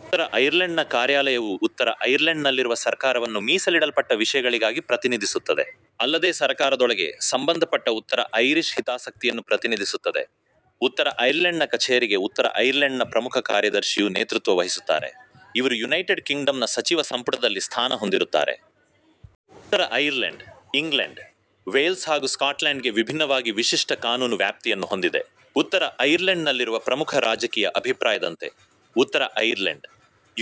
ಉತ್ತರ ಐರ್ಲೆಂಡ್ ನ ಕಾರ್ಯಾಲಯವು ಉತ್ತರ ಐರ್ಲೆಂಡ್ ನಲ್ಲಿರುವ ಸರ್ಕಾರವನ್ನು ಮೀಸಲಿಡಲ್ಪಟ್ಟ ವಿಷಯಗಳಿಗಾಗಿ ಪ್ರತಿನಿಧಿಸುತ್ತದೆ. ಅಲ್ಲದೇ ಸರಕಾರದೊಳಗೆ ಸಂಬಂಧಪಟ್ಟ ಉತ್ತರ ಐರಿಶ್ ಹಿತಾಸಕ್ತಿಯನ್ನು ಪ್ರತಿನಿಧಿಸುತ್ತದೆ. ಉತ್ತರ ಐರ್ಲೆಂಡ್ ನ ಕಛೇರಿಗೆ ಉತ್ತರ ಐರ್ಲೆಂಡ್ ನ ಪ್ರಮುಖ ಕಾರ್ಯದರ್ಶಿಯು ನೇತೃತ್ವ ವಹಿಸುತ್ತಾರೆ, ಇವರು ಯುನೈಟೆಡ್ ಕಿಂಗ್ಡಮ್ ನ ಸಚಿವ ಸಂಪುಟದಲ್ಲಿ ಸ್ಥಾನ ಹೊಂದಿರುತ್ತಾರೆ. ಉತ್ತರ ಐರ್ಲೆಂಡ್, ಇಂಗ್ಲೆಂಡ್, ವೇಲ್ಸ್ ಹಾಗು ಸ್ಕಾಟ್ಲ್ಯಾಂಡ್ ಗೆ ವಿಭಿನ್ನವಾಗಿ ವಿಶಿಷ್ಟ ಕಾನೂನು ವ್ಯಾಪ್ತಿಯನ್ನು ಹೊಂದಿದೆ. ಉತ್ತರ ಐರ್ಲೆಂಡ್ ನಲ್ಲಿರುವ ಪ್ರಮುಖ ರಾಜಕೀಯ ಅಭಿಪ್ರಾಯದಂತೆ, ಉತ್ತರ ಐರ್ಲೆಂಡ್,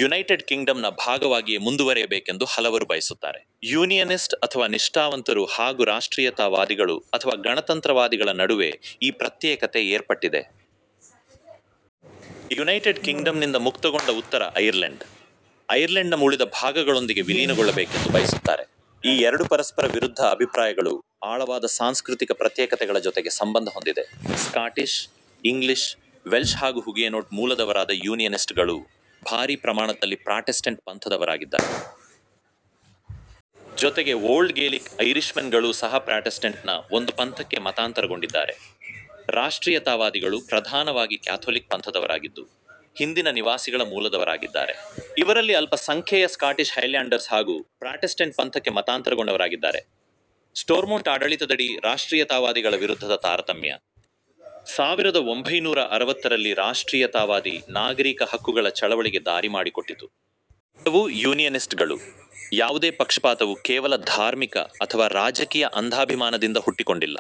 ಯುನೈಟೆಡ್ ಕಿಂಗ್ಡಮ್ ನ ಭಾಗವಾಗಿಯೇ ಮುಂದುವರೆಯಬೇಕೆಂದು ಹಲವರು ಬಯಸುತ್ತಾರೆ. ಯೂನಿಯನಿಸ್ಟ್ ಅಥವಾ ನಿಷ್ಟಾವಂತರು ಹಾಗು ರಾಷ್ಟ್ರೀಯತಾವಾದಿಗಳು ಅಥವಾ ಗಣತಂತ್ರವಾದಿಗಳ ನಡುವೆ ಈ ಪ್ರತ್ಯೇಕತೆ ಏರ್ಪಟ್ಟಿದೆ. ಇವರು ಯುನೈಟೆಡ್ ಕಿಂಗ್ಡಮ್ ನಿಂದ ಮುಕ್ತಗೊಂಡ ಉತ್ತರ ಐರ್ಲೆಂಡ್, ಐರ್ಲೆಂಡ್ ನ ಉಳಿದ ಭಾಗಗಳೊಂದಿಗೆ ವಿಲೀನಗೊಳ್ಳಬೇಕೆಂದು ಬಯಸುತ್ತಾರೆ. ಈ ಎರಡು ಪರಸ್ಪರ ವಿರುದ್ಧ ಅಭಿಪ್ರಾಯಗಳು ಆಳವಾದ ಸಾಂಸ್ಕೃತಿಕ ಪ್ರತ್ಯೇಕತೆಗಳ ಜೊತೆಗೆ ಸಂಬಂಧ ಹೊಂದಿದೆ. ಸ್ಕಾಟಿಷ್, ಇಂಗ್ಲಿಷ್, ವೆಲ್ಷ್ ಹಾಗು ಹುಗುಯೇನೋಟ್ ಮೂಲದವರಾದ ಯೂನಿಯನಿಸ್ಟ್ ಗಳು ಭಾರಿ ಪ್ರಮಾಣದಲ್ಲಿ ಪ್ರಾಟೆಸ್ಟೆಂಟ್ ಪಂಥದವರಾಗಿದ್ದಾರೆ. ಜೊತೆಗೆ ಓಲ್ಡ್ ಗೇಲಿಕ್ ಐರಿಷ್ಮೆನ್ ಗಳೂ ಸಹ ಪ್ರಾಟೆಸ್ಟೆಂಟ್ ನ ಒಂದು ಪಂಥಕ್ಕೆ ಮತಾಂತರಗೊಂಡಿದ್ದಾರೆ. ರಾಷ್ಟ್ರೀಯತಾವಾದಿಗಳು ಪ್ರಧಾನವಾಗಿ ಕ್ಯಾಥೊಲಿಕ್ ಪಂಥದವರಾಗಿದ್ದು, ಹಿಂದಿನ ನಿವಾಸಿಗಳ ಮೂಲದವರಾಗಿದ್ದಾರೆ. ಇವರಲ್ಲಿ ಅಲ್ಪ ಸಂಖ್ಯೆಯ ಸ್ಕಾಟಿಷ್ ಹೈಲ್ಯಾಂಡರ್ಸ್ ಹಾಗು ಪ್ರಾಟೆಸ್ಟೆಂಟ್ ಪಂಥಕ್ಕೆ ಮತಾಂತರಗೊಂಡವರಾಗಿದ್ದಾರೆ. ಸ್ಟೋರ್ಮೊಂಟ್ ಆಡಳಿತದಡಿ ರಾಷ್ಟ್ರೀಯತಾವಾದಿಗಳ ವಿರುದ್ಧದ ತಾರತಮ್ಯ, ಸಾವಿರದ ಒಂಭೈನೂರ ಅರವತ್ತರಲ್ಲಿ ರಾಷ್ಟ್ರೀಯತಾವಾದಿ ನಾಗರೀಕ ಹಕ್ಕುಗಳ ಚಳವಳಿಗೆ ದಾರಿಮಾಡಿಕೊಟ್ಟಿತು. ಕೆಲವು ಯೂನಿಯನಿಸ್ಟ್ ಗಳು, ಯಾವುದೇ ಪಕ್ಷಪಾತವು ಕೇವಲ ಧಾರ್ಮಿಕ ಅಥವಾ ರಾಜಕೀಯ ಅಂಧಾಭಿಮಾನದಿಂದ ಹುಟ್ಟಿಕೊಂಡಿಲ್ಲ.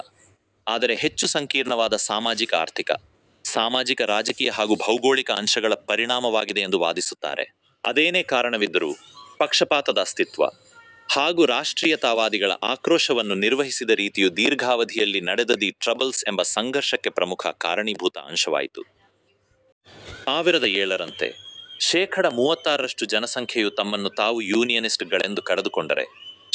ಆದರೆ ಹೆಚ್ಚು ಸಂಕೀರ್ಣವಾದ ಸಾಮಾಜಿಕ-ಆರ್ಥಿಕ, ಸಾಮಾಜಿಕ-ರಾಜಕೀಯ ಹಾಗು ಭೌಗೋಳಿಕ ಅಂಶಗಳ ಪರಿಣಾಮವಾಗಿದೆಯೆಂದು ವಾದಿಸುತ್ತಾರೆ. ಅದೇನೇ ಕಾರಣವಿದ್ದರೂ, ಪಕ್ಷಪಾತದ ಅಸ್ತಿತ್ವ, ಹಾಗು ರಾಷ್ಟ್ರೀಯತಾವಾದಿಗಳ ಆಕ್ರೋಶವನ್ನು ನಿರ್ವಹಿಸಿದ ರೀತಿಯು ದೀರ್ಘಾವಧಿಯಲ್ಲಿ ನಡೆದ ದಿ ಟ್ರಬಲ್ಸ್ ಎಂಬ ಸಂಘರ್ಷಕ್ಕೆ ಪ್ರಮುಖ ಕಾರಣೀಭೂತ ಅಂಶವಾಯಿತು. ಎರಡು ಸಾವಿರದ ಏಳರಂತೆ, ಶೇಖಡ ಮೂವತ್ತಾರರಷ್ಟು ಜನಸಂಖ್ಯೆಯು ತಮ್ಮನ್ನು ತಾವು ಯೂನಿಯನಿಸ್ಟ್ ಗಳೆಂದು ಕರೆದುಕೊಂಡರೆ,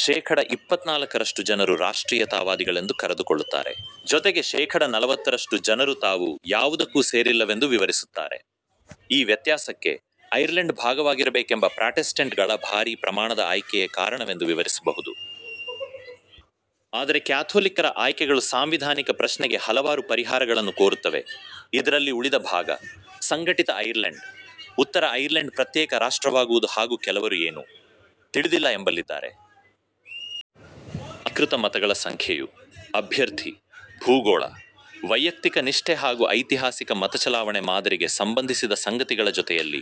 ಶೇಖಡ ಇಪ್ಪತ್ನಾಲ್ಕರಷ್ಟು ಜನರು ರಾಷ್ಟ್ರೀಯತಾವಾದಿಗಳೆಂದು ಕರೆದುಕೊಳ್ಳುತ್ತಾರೆ. ಜೊತೆಗೆ ಶೇಖಡ ನಲವತ್ತರಷ್ಟು ಜನರು ತಾವು ಯಾವುದಕ್ಕೂ ಸೇರಿಲ್ಲವೆಂದು ವಿವರಿಸುತ್ತಾರೆ. ಈ ವ್ಯತ್ಯಾಸಕ್ಕೆ, ಐರ್ಲೆಂಡ್ ಭಾಗವಾಗಿರಬೇಕೆಂಬ ಪ್ರಾಟೆಸ್ಟೆಂಟ್ ಗಳ ಭಾರಿ ಪ್ರಮಾಣದ ಆಯ್ಕೆಯೇ ಕಾರಣವೆಂದು ವಿವರಿಸಬಹುದು, ಆದರೆ ಕ್ಯಾಥೋಲಿಕ್ಕರ ಆಯ್ಕೆಗಳು ಸಾಂವಿಧಾನಿಕ ಪ್ರಶ್ನೆಗೆ ಹಲವಾರು ಪರಿಹಾರಗಳನ್ನು ಕೋರುತ್ತವೆ, ಇದರಲ್ಲಿ ಉಳಿದ ಭಾಗ, ಸಂಘಟಿತ ಐರ್ಲೆಂಡ್, ಉತ್ತರ ಐರ್ಲೆಂಡ್ ಪ್ರತ್ಯೇಕ ರಾಷ್ಟ್ರವಾಗುವುದು ಹಾಗು ಕೆಲವರು ಏನೂ "ತಿಳಿದಿಲ್ಲ"ಎಂಬಲ್ಲಿದ್ದಾರೆ. ಅಧಿಕೃತ ಮತಗಳ ಸಂಖ್ಯೆಯು, ಅಭ್ಯರ್ಥಿ, ಭೂಗೋಳ, ವೈಯಕ್ತಿಕ ನಿಷ್ಠೆ ಹಾಗು ಐತಿಹಾಸಿಕ ಮತಚಲಾವಣೆ ಮಾದರಿಗೆ ಸಂಬಂಧಿಸಿದ ಸಂಗತಿಗಳ ಜೊತೆಯಲ್ಲಿ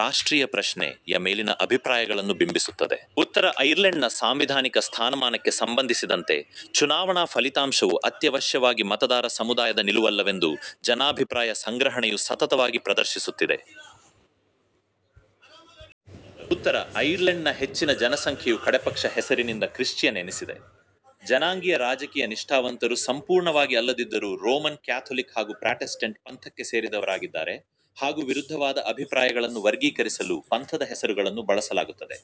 "ರಾಷ್ಟ್ರೀಯ ಪ್ರಶ್ನೆ"ಯ ಮೇಲಿನ ಅಭಿಪ್ರಾಯಗಳನ್ನು ಬಿಂಬಿಸುತ್ತದೆ. ಉತ್ತರ ಐರ್ಲೆಂಡ್ ನ ಸಾಂವಿಧಾನಿಕ ಸ್ಥಾನಮಾನಕ್ಕೆ ಸಂಬಂಧಿಸಿದಂತೆ ಚುನಾವಣಾ ಫಲಿತಾಂಶವು ಅತ್ಯವಶ್ಯವಾಗಿ ಮತದಾರ ಸಮುದಾಯದ ನಿಲುವಲ್ಲವೆಂದು ಜನಾಭಿಪ್ರಾಯ ಸಂಗ್ರಹಣೆಯು ಸತತವಾಗಿ ಪ್ರದರ್ಶಿಸುತ್ತಿದೆ. ಉತ್ತರ ಐರ್ಲೆಂಡ್ ನ ಹೆಚ್ಚಿನ ಜನಸಂಖ್ಯೆಯು ಕಡೆಪಕ್ಷ ಹೆಸರಿನಿಂದ ಕ್ರಿಶ್ಚಿಯನ್ ಎನಿಸಿದೆ. ಜನಾಂಗೀಯ-ರಾಜಕೀಯ ನಿಷ್ಠಾವಂತರು ಸಂಪೂರ್ಣವಾಗಿ ಅಲ್ಲದಿದ್ದರೂ ರೋಮನ್ ಕ್ಯಾಥೊಲಿಕ್ ಹಾಗು ಪ್ರಾಟೆಸ್ಟೆಂಟ್ ಪಂಥಕ್ಕೆ ಸೇರಿದವರಾಗಿದ್ದಾರೆ ಹಾಗು ವಿರುದ್ಧವಾದ ಅಭಿಪ್ರಾಯಗಳನ್ನು ವರ್ಗೀಕರಿಸಲು ಪಂಥದ ಹೆಸರುಗಳನ್ನೂ ಬಳಸಲಾಗುತ್ತದೆ.